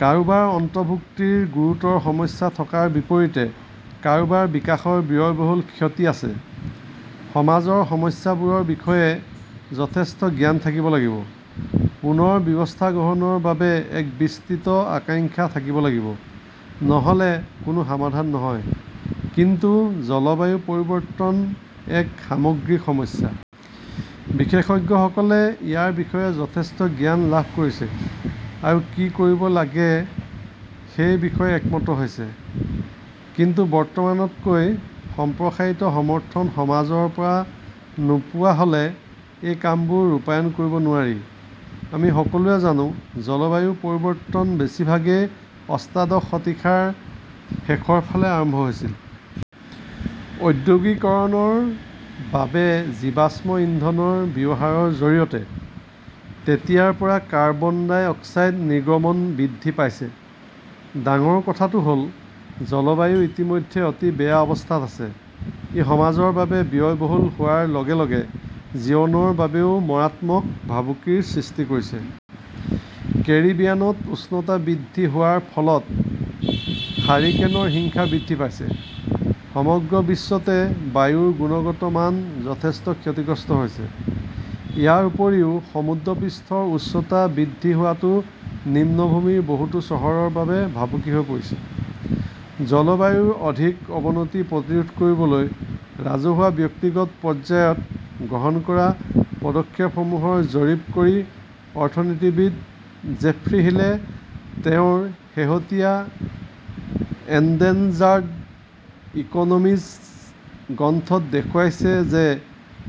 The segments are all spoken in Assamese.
কাৰোবাৰ অন্তৰ্ভুক্তিৰ গুৰুতৰ সমস্যা থকাৰ বিপৰীতে কাৰোবাৰ বিকাশৰ ব্যয়বহুল ক্ষতি আছে। সমাজৰ সমস্যাবোৰৰ বিষয়ে যথেষ্ট জ্ঞান থাকিব লাগিব। পুনৰ ব্যৱস্থা গ্ৰহণৰ বাবে এক বিস্তৃত আকাংক্ষা থাকিব লাগিব। নহ "লে কোনো সমাধান নহয়। কিন্তু জলবায়ু পৰিৱৰ্তন এক সামগ্ৰিক সমস্যা। বিশেষজ্ঞসকলে ইয়াৰ বিষয়ে যথেষ্ট জ্ঞান লাভ কৰিছে আৰু কি কৰিব লাগে সেই বিষয়ে একমত হৈছে। কিন্তু বৰ্তমানতকৈ সম্প্ৰসাৰিত সমৰ্থন সমাজৰ পৰা নোপোৱা হ "লে এই কামবোৰ ৰূপায়ণ কৰিব নোৱাৰি। আমি সকলোৱে জানো, জলবায়ু পৰিৱৰ্তন বেছিভাগেই অষ্টাদশ শতিকাৰ শেষৰ ফালে আৰম্ভ হৈছিল। ঔদ্যোগিকৰণৰ বাবে জীৱাশ্ম ইন্ধনৰ ব্যৱহাৰৰ জৰিয়তে। তেতিয়াৰ পৰা কাৰ্বন ডাই অক্সাইড নিৰ্গমন বৃদ্ধি পাইছে। ডাঙৰ কথাটো হ 'ল, জলবায়ু ইতিমধ্যে অতি বেয়া অৱস্থাত আছে। ই সমাজৰ বাবে ব্যয়বহুল হোৱাৰ লগে লগে জীৱনৰ বাবেও মাৰাত্মক ভাবুকিৰ সৃষ্টি কৰিছে। কেৰিবিয়ানত উষ্ণতা বৃদ্ধি হোৱাৰ ফলত হাৰিকেনৰ হিংসা বৃদ্ধি পাইছে। সমগ্ৰ বিশ্বতে বায়ুৰ গুণগত মান যথেষ্ট ক্ষতিগ্ৰস্ত হৈছে। ইয়াৰ উপৰিও সমুদ্ৰপৃষ্ঠৰ উচ্চতা বৃদ্ধি হোৱাটো নিম্নভূমিৰ বহুতো চহৰৰ বাবে ভাবুকি হৈ পৰিছে। জলবায়ুৰ অধিক অৱনতি প্ৰতিৰোধ কৰিবলৈ ৰাজহুৱা-ব্যক্তিগত পৰ্যায়ত গ্ৰহণ কৰা পদক্ষেপসমূহৰ জৰীপ কৰি অৰ্থনীতিবিদ জেফ্ৰী হিলে তেওঁৰ শেহতীয়া এণ্ডেঞ্জাৰ্ড ইকনমিজ গ্ৰন্থত দেখুৱাইছে যে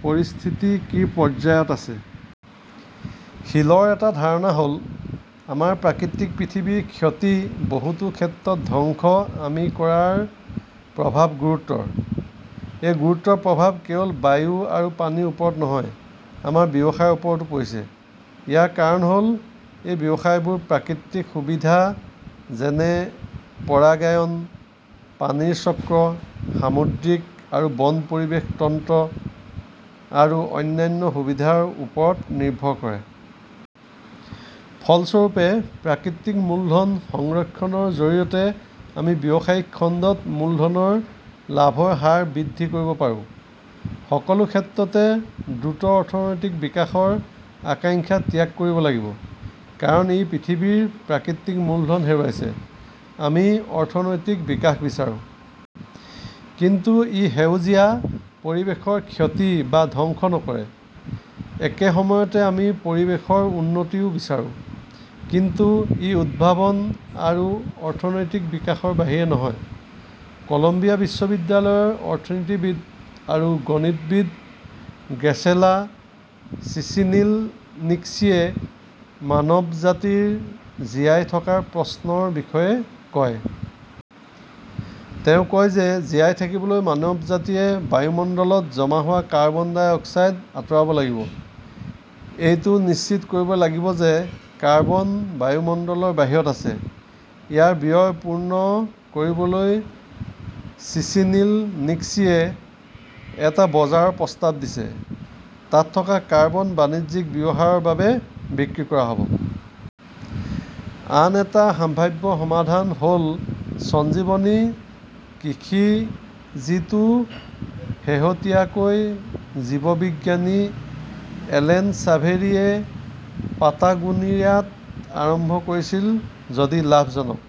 পৰিস্থিতি কি পৰ্যায়ত আছে। হিলৰ এটা ধাৰণা হ "ল, আমাৰ প্ৰাকৃতিক পৃথিৱীৰ ক্ষতি-বহুতো ক্ষেত্ৰত ধ্বংস-আমি কৰাৰ প্ৰভাৱ গুৰুতৰ। এই গুৰুতৰ প্ৰভাৱ কেৱল বায়ু আৰু পানীৰ ওপৰত নহয়, আমাৰ ব্যৱসায়ৰ ওপৰতো পৰিছে। ইয়াৰ কাৰণ হ "ল এই ব্যৱসায়বোৰ প্ৰাকৃতিক সুবিধা যেনে পৰাগায়ন, পানীৰ চক্ৰ, সামুদ্ৰিক আৰু বন পৰিৱেশ তন্ত্ৰ আৰু অন্যান্য সুবিধাৰ ওপৰত নিৰ্ভৰ কৰে। ফলস্বৰূপে 'প্ৰাকৃতিক মূলধন "সংৰক্ষণৰ জৰিয়তে আমি ব্যৱসায়িক খণ্ডত মূলধনৰ লাভৰ হাৰ বৃদ্ধি কৰিব পাৰোঁ। সকলো ক্ষেত্ৰতে দ্ৰুত অৰ্থনৈতিক বিকাশৰ আকাংক্ষা ত্যাগ কৰিব লাগিব। কাৰণ, ই পৃথিৱীৰ প্ৰাকৃতিক মূলধন হেৰুৱাইছে। আমি অৰ্থনৈতিক বিকাশ বিচাৰো। কিন্তু ই 'সেউজীয়া "পৰিৱেশৰ ক্ষতি বা ধ্বংস নকৰে। একে সময়তে আমি পৰিৱেশৰ উন্নতিও বিচাৰো। কিন্তু ই উদ্ভাৱন আৰু অৰ্থনৈতিক বিকাশৰ বাহিৰে নহয়। কলম্বিয়া বিশ্ববিদ্যালয়ৰ অৰ্থনীতিবিদ আৰু গণিতবিদ গ্ৰেচেলা চিচিনিলনিস্কিয়ে মানৱজাতিৰ জীয়াই থকাৰ প্ৰশ্নৰ বিষয়ে কয়। তেওঁ কয় যে জীয়াই থাকিবলৈ মানৱজাতিয়ে বায়ুমণ্ডলত জমা হোৱা কাৰ্বন ডাই অক্সাইড আঁতৰাব লাগিব। এইটোও নিশ্চিত কৰিব লাগিব যে কাৰ্বন বায়ুমণ্ডলৰ বাহিৰত আছে। ইয়াৰ ব্যয় পূৰণ কৰিবলৈ চিচিনিলনিস্কিয়ে এটা বজাৰৰ প্ৰস্তাৱ দিছে। তাত থকা কাৰ্বন বাণিজ্যিক ব্যৱহাৰৰ বাবে বিক্ৰী কৰা হ "ব। আন এটা সম্ভাৱ্য সমাধান হ "ল 'সঞ্জীৱনী কৃষি", যিটো শেহতীয়াকৈ জীৱবিজ্ঞানী এলেন ছাভেৰীয়ে পাটাগোনিয়াত আৰম্ভ কৰিছিল। যদি লাভজনক